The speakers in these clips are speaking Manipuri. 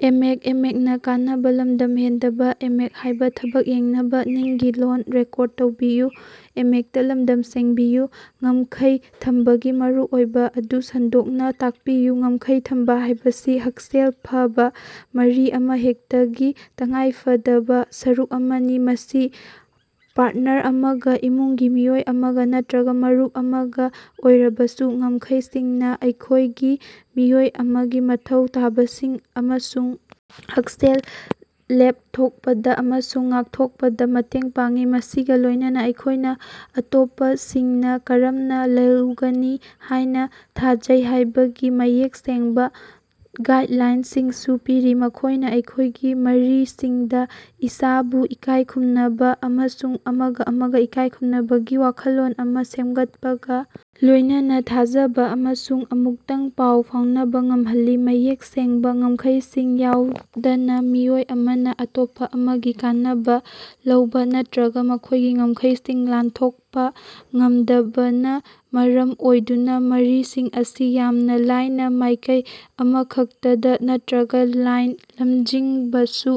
ꯉꯝꯈꯩ ꯊꯝꯕꯒꯤ ꯃꯔꯨꯑꯣꯏꯕꯥ ꯑꯗꯨ ꯁꯟꯗꯣꯛꯅꯥ ꯇꯥꯛꯄꯤꯌꯨ꯫ ꯉꯝꯈꯩ ꯊꯝꯕꯥ ꯍꯥꯏꯕꯁꯤ ꯍꯛꯁꯦꯜ ꯐꯕꯥ ꯃꯔꯤ ꯑꯃꯍꯦꯛꯇꯒꯤ ꯇꯉꯥꯏꯐꯗꯕꯥ ꯁꯔꯨꯛ ꯑꯃꯅꯤ, ꯃꯁꯤ ꯄꯥꯔꯠꯅꯔ ꯑꯃꯒꯥ, ꯏꯃꯨꯡꯒꯤ ꯃꯤꯑꯣꯏ ꯑꯃꯒꯥ ꯅꯠꯇ꯭ꯔꯒꯥ ꯃꯔꯨꯞ ꯑꯃꯒꯥ ꯑꯣꯏꯔꯕꯁꯨ꯫ ꯉꯝꯈꯩꯁꯤꯡꯅꯥ ꯑꯩꯈꯣꯏꯒꯤ ꯃꯤꯑꯣꯏ ꯑꯃꯒꯤ ꯃꯊꯧ ꯇꯥꯕꯁꯤꯡ ꯑꯃꯁꯨꯡ ꯍꯛꯁꯦꯜ ꯂꯦꯞꯊꯣꯛꯄꯗꯥ ꯑꯃꯁꯨꯡ ꯉꯥꯛꯊꯣꯛꯄꯗꯥ ꯃꯇꯦꯡ ꯄꯥꯡꯏ, ꯃꯁꯤꯒꯥ ꯂꯣꯏꯅꯅꯥ ꯑꯩꯈꯣꯏꯅꯥ ꯑꯇꯣꯞꯄꯁꯤꯡꯅꯥ ꯀꯔꯝꯅꯥ ꯂꯧꯒꯅꯤ ꯍꯥꯏꯅꯥ ꯊꯥꯖꯩ ꯍꯥꯏꯕꯒꯤ ꯃꯌꯦꯛ ꯁꯦꯡꯕꯥ ꯒꯥꯏꯗꯂꯥꯏꯟꯁꯤꯡꯁꯨ ꯄꯤꯔꯤ꯫ ꯃꯈꯣꯏꯅꯥ ꯑꯩꯈꯣꯏꯒꯤ ꯃꯔꯤꯁꯤꯡꯗꯥ ꯏꯁꯥꯕꯨ ꯏꯀꯥꯏ ꯈꯨꯝꯅꯕꯥ ꯑꯃꯁꯨꯡ ꯑꯃꯒꯥ ꯑꯃꯒꯥ ꯏꯀꯥꯏ ꯈꯨꯝꯅꯕꯒꯤ ꯋꯥꯈꯜꯂꯣꯟ ꯑꯃ ꯁꯦꯝꯒꯠꯄꯒꯥ ꯂꯣꯏꯅꯅꯥ ꯊꯥꯖꯕꯥ ꯑꯃꯁꯨꯡ ꯑꯃꯨꯛꯇꯪ ꯄꯥꯎ ꯐꯥꯎꯅꯕꯥ ꯉꯝꯍꯜꯂꯤ꯫ ꯃꯌꯦꯛ ꯁꯦꯡꯕꯥ ꯉꯝꯈꯩꯁꯤꯡ ꯌꯥꯎꯗꯅꯥ, ꯃꯤꯑꯣꯏ ꯑꯃꯅꯥ ꯑꯇꯣꯞꯄꯥ ꯑꯃꯒꯤ ꯀꯥꯟꯅꯕꯥ ꯂꯧꯕꯥ ꯅꯠꯇ꯭ꯔꯒꯥ ꯃꯈꯣꯏꯒꯤ ꯉꯝꯈꯩꯁꯤꯡ ꯂꯥꯟꯊꯣꯛꯄꯥ ꯉꯝꯗꯕꯅꯥ ꯃꯔꯝ ꯑꯣꯏꯗꯨꯅ ꯃꯔꯤꯁꯤꯡ ꯑꯁꯤ ꯌꯥꯝꯅ ꯂꯥꯏꯅ ꯃꯥꯏꯀꯩ ꯑꯃꯈꯛꯇꯗꯥ ꯅꯠꯇ꯭ꯔꯒꯥ ꯂꯥꯢꯟ ꯂꯝꯖꯤꯡꯕꯁꯨ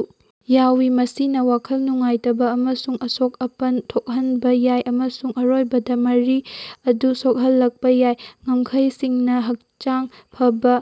ꯌꯥꯏ꯫ ꯃꯁꯤꯅ ꯋꯥꯈꯜ ꯅꯨꯡꯉꯥꯏꯇꯕꯥ ꯑꯃꯁꯨꯡ ꯑꯁꯣꯛ-ꯑꯄꯟ ꯊꯣꯛꯍꯟꯕꯥ ꯌꯥꯏ, ꯑꯃꯁꯨꯡ ꯑꯔꯣꯏꯕꯗꯥ ꯃꯔꯤ ꯑꯗꯨ ꯁꯣꯛꯍꯜꯂꯛꯄꯥ ꯌꯥꯏ꯫ ꯉꯝꯈꯩꯁꯤꯡꯅꯥ ꯍꯛꯆꯥꯡ ꯐꯕꯥ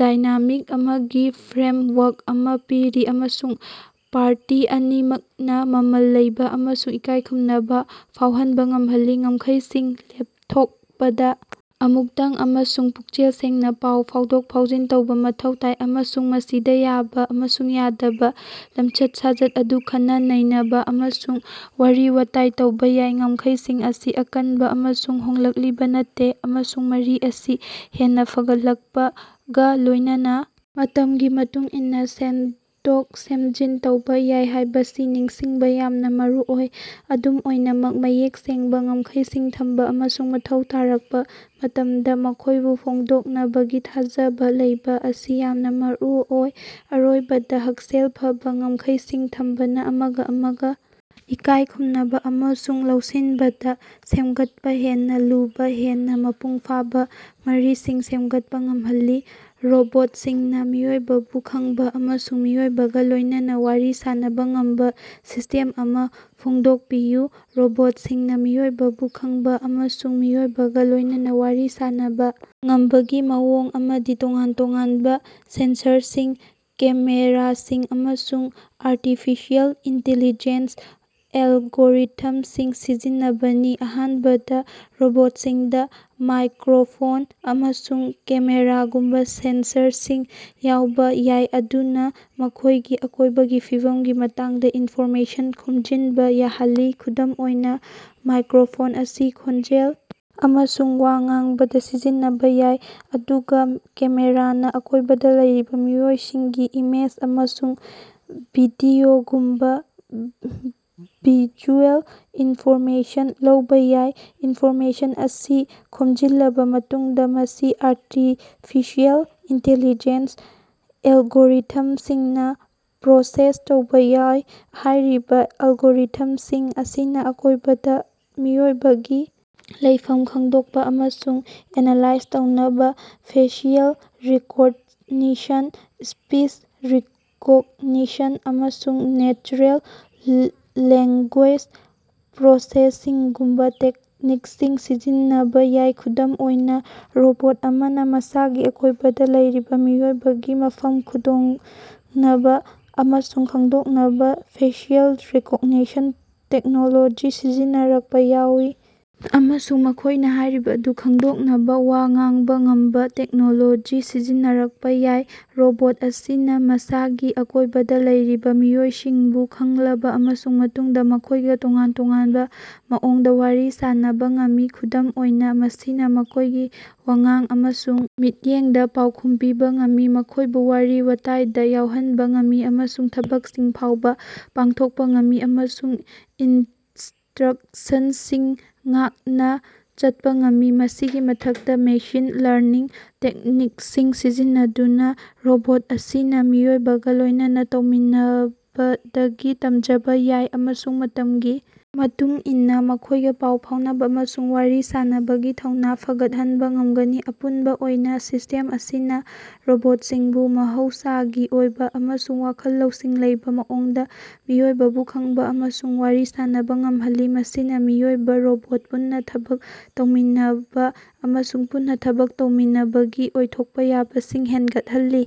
ꯗꯥꯏꯅꯥꯃꯤꯛ ꯑꯃꯒꯤ ꯐ꯭ꯔꯦꯝꯋꯥꯔꯛ ꯑꯃ ꯄꯤꯔꯤ ꯑꯃꯁꯨꯡ ꯄꯥꯔꯇꯤ ꯑꯅꯤꯃꯛꯅꯥ ꯃꯃꯜ ꯂꯩꯕ ꯑꯃꯁꯨꯡ ꯏꯀꯥꯏꯈꯨꯝꯅꯕꯥ ꯐꯥꯎꯍꯟꯕꯥ ꯉꯝꯍꯜꯂꯤ꯫ ꯉꯝꯈꯩꯁꯤꯡ ꯂꯦꯞꯊꯣꯛꯄꯗꯥ ꯑꯃꯨꯛꯇꯪ ꯑꯃꯁꯨꯡ ꯄꯨꯛꯆꯦꯜ ꯁꯦꯡꯅꯥ ꯄꯥꯎ ꯐꯥꯎꯗꯣꯛ-ꯐꯥꯎꯖꯤꯟ ꯇꯧꯕ ꯃꯊꯧ ꯇꯥꯏ, ꯑꯃꯁꯨꯡ ꯃꯁꯤꯗꯥ ꯌꯥꯕ ꯑꯃꯁꯨꯡ ꯌꯥꯗꯕꯥ ꯂꯝꯆꯠ-ꯁꯥꯖꯠ ꯑꯗꯨ ꯈꯟꯅ-ꯅꯩꯅꯕꯥ ꯑꯃꯁꯨꯡ ꯋꯥꯔꯤ-ꯋꯥꯇꯥꯏ ꯇꯧꯕꯥ ꯌꯥꯏ꯫ ꯉꯝꯈꯩꯁꯤꯡ ꯑꯁꯤ ꯑꯀꯟꯕꯥ ꯑꯃꯁꯨꯡ ꯍꯣꯡꯂꯛꯂꯤꯕꯥ ꯅꯠꯇꯦ, ꯑꯃꯁꯨꯡ ꯃꯔꯤ ꯑꯁꯤ ꯍꯦꯟꯅꯥ ꯐꯒꯠꯂꯛꯄꯒꯥ ꯂꯣꯏꯅꯅꯥ ꯃꯇꯝꯒꯤ ꯃꯇꯨꯡꯏꯟꯅꯥ ꯁꯦꯝꯗꯣꯛ-ꯁꯦꯝꯖꯤꯟ ꯇꯧꯕ ꯌꯥꯏ ꯍꯥꯏꯕꯁꯤ ꯅꯤꯡꯁꯤꯡꯕꯥ ꯌꯥꯝꯅ ꯃꯔꯨꯑꯣꯏ꯫ ꯑꯗꯨꯝ ꯑꯣꯏꯅꯃꯛ, ꯃꯌꯦꯛ ꯁꯦꯡꯕꯥ ꯉꯝꯈꯩꯁꯤꯡ ꯊꯝꯕꯥ ꯑꯃꯁꯨꯡ ꯃꯊꯧ ꯇꯥꯔꯛꯄꯥ ꯃꯇꯝꯗꯥ ꯃꯈꯣꯏꯕꯨ ꯐꯣꯡꯗꯣꯛꯅꯕꯒꯤ ꯊꯥꯖꯕꯥ ꯂꯩꯕꯥ ꯑꯁꯤ ꯌꯥꯝꯅ ꯃꯔꯨꯑꯣꯏ꯫ ꯑꯔꯣꯏꯕꯗꯥ, ꯍꯛꯁꯦꯜ ꯐꯕꯥ ꯉꯝꯈꯩꯁꯤꯡ ꯊꯝꯕꯅꯥ ꯑꯃꯒꯥ ꯑꯃꯒꯥ ꯏꯀꯥꯏ ꯈꯨꯝꯅꯕꯥ ꯑꯃꯁꯨꯡ ꯂꯧꯁꯤꯟꯕꯗꯥ ꯁꯦꯝꯒꯠꯄꯥ ꯍꯦꯟꯅꯥ ꯂꯨꯕꯥ, ꯍꯦꯟꯅꯥ ꯃꯄꯨꯡ ꯐꯥꯕꯥ ꯃꯔꯤꯁꯤꯡ ꯁꯦꯝꯒꯠꯄꯥ ꯉꯝꯍꯜꯂꯤ꯫ ꯔꯣꯕꯣꯠꯁꯤꯡꯅꯥ ꯃꯤꯑꯣꯏꯕꯕꯨ ꯈꯪꯕꯥ ꯑꯃꯁꯨꯡ ꯃꯤꯑꯣꯏꯕꯒꯥ ꯂꯣꯏꯅꯅꯥ ꯋꯥꯔꯤ ꯁꯥꯟꯅꯕꯥ ꯉꯝꯕꯥ ꯁꯤꯁꯇꯦꯝ ꯑꯃ ꯐꯣꯡꯗꯣꯛꯄꯤꯌꯨ꯫ ꯔꯣꯕꯣꯠꯁꯤꯡꯅꯥ ꯃꯤꯑꯣꯏꯕꯕꯨ ꯈꯪꯕꯥ ꯑꯃꯁꯨꯡ ꯃꯤꯑꯣꯏꯕꯒꯥ ꯂꯣꯏꯅꯅꯥ ꯋꯥꯔꯤ ꯁꯥꯟꯅꯕꯥ ꯉꯝꯕꯒꯤ ꯃꯑꯣꯡ ꯑꯃꯗꯤ ꯇꯣꯉꯥꯟ ꯇꯣꯉꯥꯟꯕꯥ ꯁꯦꯟꯁꯔꯁꯤꯡ, ꯀꯦꯃꯦꯔꯥꯁꯤꯡ ꯑꯃꯁꯨꯡ ꯑꯥꯔꯇꯤꯐꯤꯁꯤꯑꯦꯜ ꯏꯟꯇꯤꯂꯤꯖꯦꯟꯁ ꯑꯦꯜꯒꯣꯔꯤꯊꯝꯁꯤꯡ ꯁꯤꯖꯤꯟꯅꯕꯅꯤ꯫ ꯑꯍꯥꯟꯕꯗꯥ, ꯔꯣꯕꯣꯠꯁꯤꯡꯗꯥ ꯃꯥꯏꯀ꯭ꯔꯣꯐꯣꯟ ꯑꯃꯁꯨꯡ ꯀꯦꯃꯦꯔꯥꯒꯨꯝꯕꯥ ꯁꯦꯟꯁꯔꯁꯤꯡ ꯌꯥꯎꯕ ꯌꯥꯢ ꯑꯗꯨꯅꯥ ꯃꯈꯣꯏꯒꯤ ꯑꯀꯣꯏꯕꯒꯤ ꯐꯤꯚꯝꯒꯤ ꯃꯇꯥꯡꯗ ꯏꯟꯐꯣꯔꯃꯦꯁꯟ ꯈꯣꯝꯖꯤꯟꯕꯥ ꯌꯥꯍꯜꯂꯤ꯫ ꯈꯨꯗꯝ ꯑꯣꯏꯅ, ꯃꯥꯏꯀ꯭ꯔꯣꯐꯣꯟ ꯑꯁꯤ ꯈꯣꯟꯖꯦꯜ ꯑꯃꯁꯨꯡ ꯋꯥ ꯉꯥꯡꯕꯗꯥ ꯁꯤꯖꯤꯟꯅꯕꯥ ꯌꯥꯏ, ꯑꯗꯨꯒꯥ ꯀꯦꯃꯦꯔꯥꯅꯥ ꯑꯀꯣꯏꯕꯗꯥ ꯂꯩꯔꯤꯕꯥ ꯃꯤꯑꯣꯏꯁꯤꯡꯒꯤ ꯏꯃꯦꯖ ꯑꯃꯁꯨꯡ ꯚꯤꯗꯤꯑꯣꯒꯨꯝꯕꯥ ꯚꯤꯖꯨꯑꯦꯜ ꯏꯟꯐꯣꯔꯃꯦꯁꯟ ꯂꯧꯕꯥ ꯌꯥꯏ꯫ ꯏꯟꯐꯣꯔꯃꯦꯁꯟ ꯑꯁꯤ ꯈꯣꯝꯖꯤꯜꯂꯕꯥ ꯃꯇꯨꯡꯗꯥ, ꯃꯁꯤ ꯑꯥꯔꯇꯤꯐꯤꯁꯤꯑꯦꯜ ꯏꯟꯇꯤꯂꯤꯖꯦꯟꯁ ꯑꯦꯜꯒꯣꯔꯤꯊꯝꯁꯤꯡꯅꯥ ꯄ꯭ꯔꯣꯁꯦꯁ ꯇꯧꯕ ꯌꯥꯏ꯫ ꯍꯥꯏꯔꯤꯕꯥ ꯑꯦꯜꯒꯣꯔꯤꯊꯝꯁꯤꯡ ꯑꯁꯤꯅ ꯑꯀꯣꯏꯕꯗꯥ ꯃꯤꯑꯣꯏꯕꯒꯤ ꯂꯩꯐꯝ ꯈꯪꯗꯣꯛꯄꯥ ꯑꯃꯁꯨꯡ ꯑꯦꯅꯥꯂꯥꯏꯖ ꯇꯧꯅꯕꯥ ꯐꯦꯁꯤꯑꯦꯜ ꯔꯤꯀꯣꯛꯅꯤꯁꯟ, ꯁ꯭ꯄꯤꯆ ꯔꯤꯀꯣꯒꯅꯤꯁꯟ, ꯑꯃꯁꯨꯡ ꯅꯦꯆꯔꯦꯜ ꯂꯦꯡꯒꯨꯌꯦꯖ ꯄ꯭ꯔꯣꯁꯦꯁꯤꯡꯒꯨꯝꯕꯥ ꯇꯦꯛꯅꯤꯛꯁꯤꯡ ꯁꯤꯖꯤꯟꯅꯕꯥ ꯌꯥꯏ꯫ ꯈꯨꯗꯝ ꯑꯣꯏꯅ, ꯔꯣꯕꯣꯠ ꯑꯃꯅꯥ ꯃꯁꯥꯒꯤ ꯑꯀꯣꯏꯕꯗꯥ ꯂꯩꯔꯤꯕꯥ ꯃꯤꯑꯣꯏꯕꯒꯤ ꯃꯐꯝ ꯈꯨꯗꯣꯛꯅꯕꯥ ꯑꯃꯁꯨꯡ ꯈꯪꯗꯣꯛꯅꯕꯥ ꯐꯦꯁꯤꯑꯦꯜ ꯔꯤꯀꯛꯅꯤꯁꯟ ꯇꯦꯛꯅꯣꯂꯣꯖꯤ ꯁꯤꯖꯤꯟꯅꯔꯛꯄꯥ ꯌꯥꯏ, ꯑꯃꯁꯨꯡ ꯃꯈꯣꯏꯅꯥ ꯍꯥꯏꯔꯤꯕ ꯑꯗꯨ ꯈꯪꯗꯣꯛꯅꯕꯥ ꯋꯥ ꯉꯥꯡꯕꯥ ꯉꯝꯕꯥ ꯇꯦꯛꯅꯣꯂꯣꯖꯤ ꯁꯤꯖꯤꯟꯅꯔꯛꯄꯥ ꯌꯥꯏ꯫ ꯔꯣꯕꯣꯠ ꯑꯁꯤꯅ ꯃꯁꯥꯒꯤ ꯑꯀꯣꯏꯕꯗꯥ ꯂꯩꯔꯤꯕꯥ ꯃꯤꯑꯣꯏꯕꯁꯤꯡꯕꯨ ꯈꯪꯂꯕꯥ ꯑꯃꯁꯨꯡ ꯃꯇꯨꯡꯗꯥ ꯃꯈꯣꯏꯒꯥ ꯇꯣꯉꯥꯟ ꯇꯣꯉꯥꯟꯕꯥ ꯃꯑꯣꯡꯗꯥ ꯋꯥꯔꯤ ꯁꯥꯟꯅꯕꯥ ꯉꯝꯃꯤ꯫ ꯈꯨꯗꯝ ꯑꯣꯏꯅ, ꯃꯁꯤꯅ ꯃꯈꯣꯏꯒꯤ ꯋꯥꯉꯥꯡ ꯑꯃꯁꯨꯡ ꯃꯤꯠꯌꯦꯡꯗꯥ ꯄꯥꯎꯈꯨꯝ ꯄꯤꯕꯥ ꯉꯝꯃꯤ, ꯃꯈꯣꯏꯕꯨ ꯋꯥꯔꯤ-ꯋꯥꯇꯥꯏꯗꯥ ꯌꯥꯎꯍꯟꯕ ꯉꯝꯃꯤ, ꯑꯃꯁꯨꯡ ꯊꯕꯛꯁꯤꯡ ꯐꯥꯎꯕꯥ ꯄꯥꯡꯊꯣꯛꯄꯥ ꯉꯝꯃꯤ ꯑꯃꯁꯨꯡ ꯏꯟꯁꯇ꯭ꯔꯛꯁꯟꯁꯤꯡ ꯉꯥꯛꯅꯥ ꯆꯠꯄꯥ ꯉꯝꯃꯤ꯫ ꯃꯁꯤꯒꯤ ꯃꯊꯛꯇꯥ, ꯃꯦꯁꯤꯟ ꯂꯔꯅꯤꯡ ꯇꯦꯛꯅꯤꯛꯁꯤꯡ ꯁꯤꯖꯤꯟꯅꯗꯨꯅꯥ ꯔꯣꯕꯣꯠ ꯑꯁꯤꯅ ꯃꯤꯑꯣꯏꯕꯒꯥ ꯂꯣꯏꯅꯅꯥ ꯇꯧꯃꯤꯟꯅꯕꯗꯒꯤ ꯇꯝꯖꯕꯥ ꯌꯥꯏ ꯑꯃꯁꯨꯡ ꯃꯇꯝꯒꯤ ꯃꯇꯨꯡ ꯏꯟꯅꯥ ꯃꯈꯣꯏꯒꯥ ꯄꯥꯎ ꯐꯥꯎꯅꯕꯥ ꯑꯃꯁꯨꯡ ꯋꯥꯔꯤ ꯁꯥꯟꯅꯕꯒꯤ ꯊꯧꯅꯥ ꯐꯒꯠꯍꯟꯕꯥ ꯉꯝꯒꯅꯤ꯫ ꯑꯄꯨꯟꯕꯥ ꯑꯣꯏꯅ, ꯁꯤꯁꯇꯦꯝ ꯑꯁꯤꯅ ꯔꯣꯕꯣꯠꯁꯤꯡꯕꯨ ꯃꯍꯧꯁꯥꯒꯤ ꯑꯣꯏꯕ ꯑꯃꯁꯨꯡ ꯋꯥꯈꯜ ꯂꯧꯁꯤꯡ ꯂꯩꯕꯥ ꯃꯑꯣꯡꯗꯥ ꯃꯤꯑꯣꯏꯕꯕꯨ ꯈꯪꯕꯥ ꯑꯃꯁꯨꯡ ꯋꯥꯔꯤ ꯁꯥꯟꯅꯕꯥ ꯉꯝꯍꯜꯂꯤ, ꯃꯁꯤꯅ ꯃꯤꯑꯣꯏꯕ-ꯔꯣꯕꯣꯠ ꯄꯨꯟꯅꯥ ꯊꯕꯛ ꯇꯧꯃꯤꯟꯅꯕꯥ ꯑꯃꯁꯨꯡ ꯄꯨꯟꯅꯥ ꯊꯕꯛ ꯇꯧꯃꯤꯟꯅꯕꯒꯤ ꯑꯣꯏꯊꯣꯛꯄꯥ ꯌꯥꯕꯁꯤꯡ ꯍꯦꯟꯒꯠꯍꯜꯂꯤ꯫